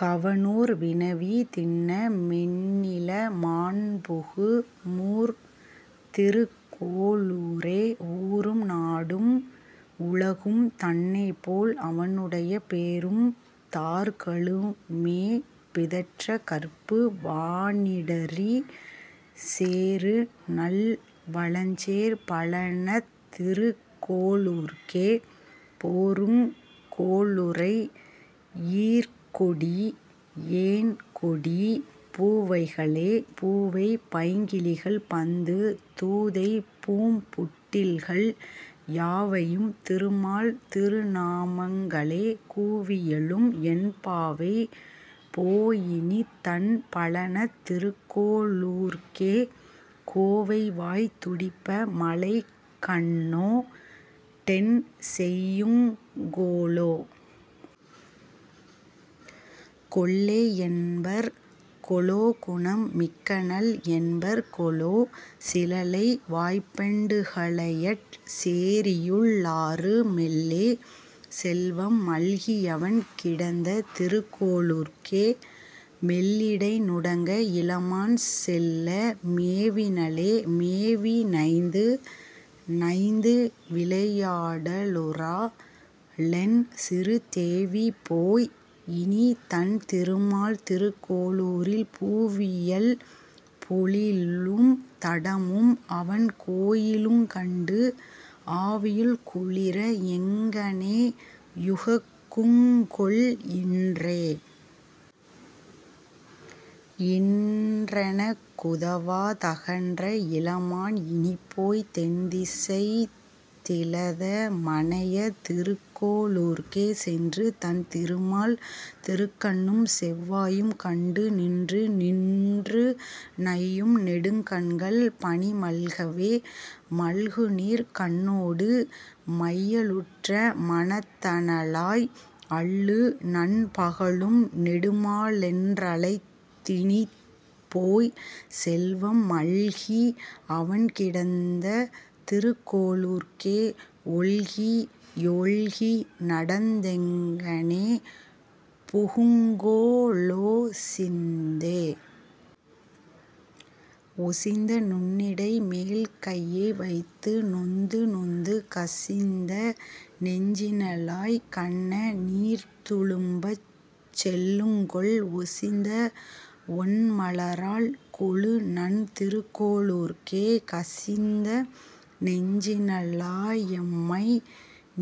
கவனூர் வினவி, திண்ண மென்னிள மான்புகு மூர்திருக் கோளூரே.. ஊரும் நாடும் உலகும் தன்னைப்போல், அவனுடைய பேரும் தார்களு மேபிதற்றக் கற்பு வானிடறி, சேருநல் வளஞ்சேர் பழனத் திருகோ ளூர்க்கே, போருங் கொலுரை யீர்க்கொடி யேன்கொடி பூவைகளே.. பூவை பைங்கிளிகள் பந்து தூதைபூம் புட்டில்கள், யாவையும் திருமால் திருநாமங் களேகூவி யெழும், என் பாவை போயினித் தண்பழனத் திருக்கோ ளூர்க்கே, கோவைவாய் துடிப்ப மழைக்கண்ணோ டென்செய் யுங்கொலோ?. கொல்லை யென்பர்கொ லோகுணம் மிக்கனள் என்பர்கொலோ, சிலலை வாய்ப்பெண் டுகளயற் சேரியுள் ளாருமெல்லே, செல்வம் மல்கி யவன்கிடந்த திருக்கோ ளூர்க்கே, மெல்லிடை நுடங்க இளமான் செல்ல மேவினளே.. மேவி நைந்து நைந்துவிளை யாடலுறா ளென்சிறுத் தேவிபோய், இனித்தன் திருமால் திருக்கோ ளூரில், பூவியல் பொழிலும் தடமும் அவன்கோ யிலுங்கண்டு, ஆவியுள் குளிர எங்ஙனே யுகக்குங்கொல் இன்றே?. இன்றெனக் குதவா தகன்ற இளமான் இனிப்போய், தென்திசைத் திலத மனைய திருக்கோ ளூர்க்கே சென்று, தன் திருமால் திருக்கண்ணும் செவ்வாயும் கண்டு, நின்று நின்று நையும் நெடுங்கண்கள் பனிமல்கவே.. மல்குநீர் கண்ணோடு மையலுற்ற மனத்தனளாய், அல்லுநன் பகலும் நெடுமாலென்றழைத் தினிப்போய், செல்வம் மல்கி அவன்கிடந்த திருக்கோ ளூர்க்கே, ஒல்கி யொல்கி நடந்தெங்ஙனே புகுங்கொ லோசிந்தே?. ஒசிந்த நுண்ணிடை மேல்கையை வைத்து நொந்துநொந்து, கசிந்த நெஞ்சின ளாய்க்கண்ண நீர்த்துளும்பச் செல்லுங்கொல், ஒசிந்த வொண்மல ராள்கொழுநன் திருக்கோ ளூர்க்கே, கசிந்த நெஞ்சின ளாயெம்மை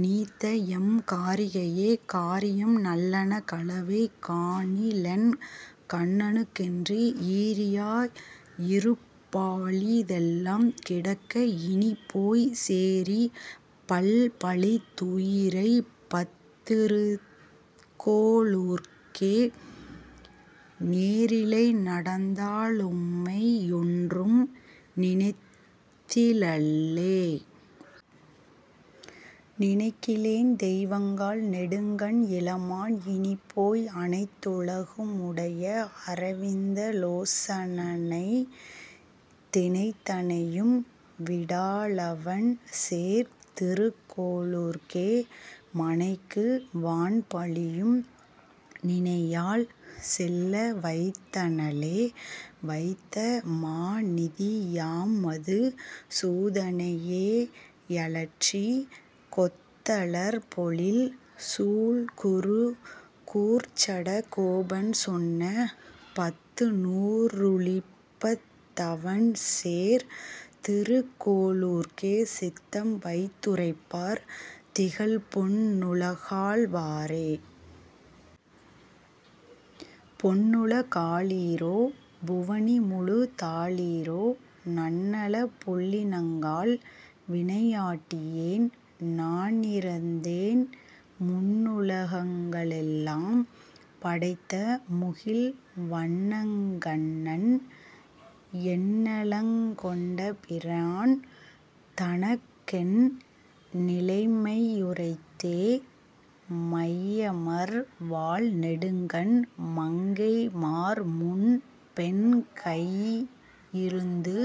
நீத்தஎ ம் காரிகையே?. காரியம் நல்லன களவை காணிலென் கண்ணனுக்கென்று, ஈரியா யிருப்பாளி தெல்லாம் கிடக்க இனிப்போய், சேரி பல்பழி தூயிரைப்பத் திருக்கோ ளூர்க்கே, நேரிழை நடந்தா ளெம்மை யொன்றும் நினைத்திலளே.. நினைக்கிலேன் தெய்வங்காள் நெடுங்கண் இளமான் இனிப்போய், அனைத்து லகுமு டைய அரவிந்த லோசனனை, தினைத்தனை யும்விடா ளவன்சேர் திருக்கோ ளூர்க்கே, மனைக்கு வான்பழியும் நினையாள் செல்ல வைத்தனளே. வைத்த மாநிதி யாம்மது சூதனை யேயலற்றி, கொத்த லர்பொழில் சூழ்குரு கூர்ச்சட கோபன்சொன்ன, பத்து நூறு ளிப்பத் தவன்சேர் திருக்கோளூர்க்கே, சித்தம் வைத்து ரைப்பார் திகழ்பொன் னுலகாள்வாரே. பொன்னுல காளீரோ? புவனிமுழு தாளீரோ?, நன்னலப் புள்ளினங்காள். வினையாட்டியேன்நானிரந்தேன், முன்னுல கங்களெல்லாம் படைத்தமுகில்வண்ணன்கண்ணன், என்னலங் கொண்டபிரான் தனக்கென் நிலைமையுரைத்தே?. மையமர் வாள்நெடுங்கண் மங்கைமார்முன்பென் கையிருந்து,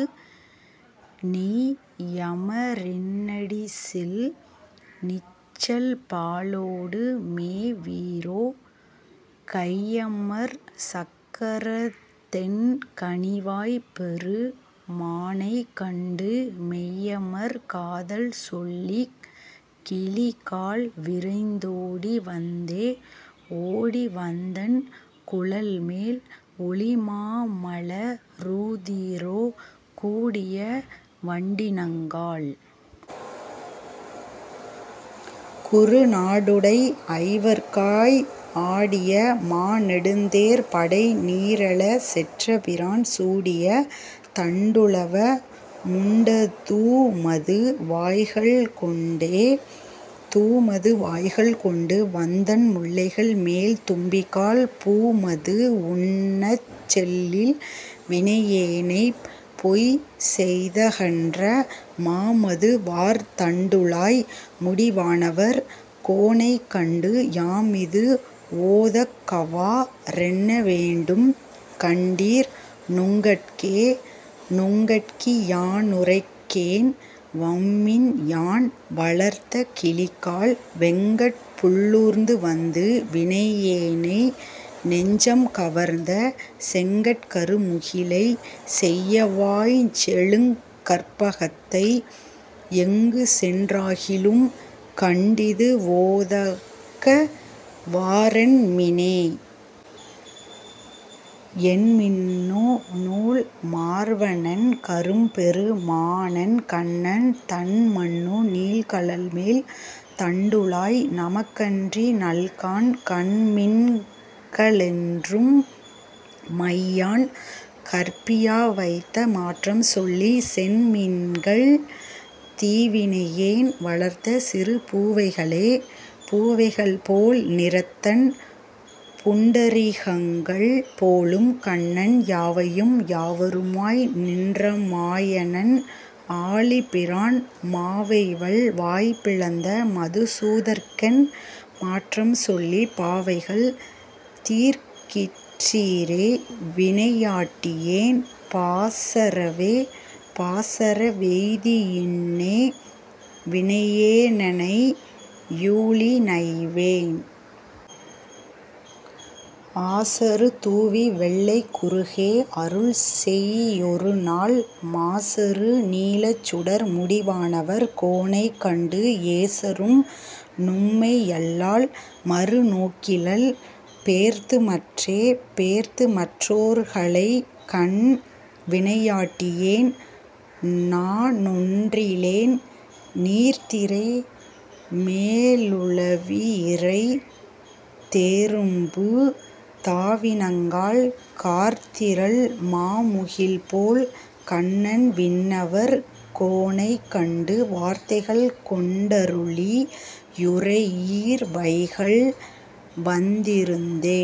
நெய்யம ரின்னடிசில் நிச்சல்பாலோடு மேவீரோ, கையமர் சக்கரத்தென் கனிவாய்ப்பெரு மானைக்கண்டு மெய்யமர் காதல்சொல்லிக் கிளிகாள். விரைந் தோடிவந்தே?. ஓடிவந் தென்குழல்மேல் ஒளிமாமல ரூதீரோ, கூடிய வண்டினங்காள். குருநாடுடை ஐவர்கட்காய் ஆடிய மாநெடுந்தேர்ப் படைநீறெழ செற்றபிரான், சூடிய தண்டுளவ முண்டதூமது வாய்கள்கொண்டே?. தூமது வாய்கள்கொண்டு வந்தென்முல்லைகள் மேல்தும்பிகாள், பூமது வுண்ணச்செல்லில் வினையேனைப் பொய்செய்தகன்ற, மாமது வார்தண்டுழாய் முடிவானவர் கோனைக்கண்டு, யாமிது வோதக்கவா றென்னவேண்டும்கண் டீர்நுங்கட்கே.. நுங்கட்கி யானுரைக்கேன் வம்மின்யான்வளர்த் தகிளிகாள், வெங்கட்புள் ளூர்ந்துவந்து வினையேனைநெஞ் சம்கவர்ந்த, செங்கட் கருமுகிலைச் செய்யவாய்ச்செழுங் கற்பகத்தை, எங்குச்சென் றாகிலும்கண் டிதுவோதக்க வாறென்மினே.. என்மின்னு நூல்மார்வ னென்கரும்பெரு மானென்கண்ணன், தன்மன்னு நீள்கழல்மேல் தண்டுழாய்நமக் கன்றிநல்கான், கன்மின்க ளென்றும்மையான் கற்பியாவைத்த மாற்றம்சொல்லி, சென்மின்கள் தீவினையேன் வளர்த்தசிறு பூவைகளே.. பூவைகள் போல்நிறத்தன் புண்டரீகங்கள் போலும்கண்ணன், யாவையும் யாவருமாய் நின்றமாயனென் ஆழிபிரான், மாவைவல் வாய்பிளந்த மதுசூதற்கென் மாற்றம்சொல்லி, பாவைகள். தீர்க்கிற்றிரே வினையாட்டியேன் பாசறவே.. பாசற வெய்தியின்னே வினையேனெனை யூழிநைவேன்?, ஆசறு தூவிவெள்ளைக் குருகே. அருள் செய்யொருநாள், மாசறு நீலச்சுடர் முடிவானவர் கோனைக்கண்டு, ஏசறும் நும்மையல்லால் மறுநோக்கிலள் பேர்த்துமற்றே.. பேர்த்துமற் றோர்களைகண் வினையாட்டியேன் நானொன்றிலேன், நீர்த்திரை மேலுலவி யிரைதேரும்பு தாவினங்காள், கார்த்திரள் மாமுகில்போல் கண்ணன்விண்ணவர் கோனைக்கண்டு, வார்த்தைகள் கொண்டருளி யுரையீர்வைகல் வந்திருந்தே..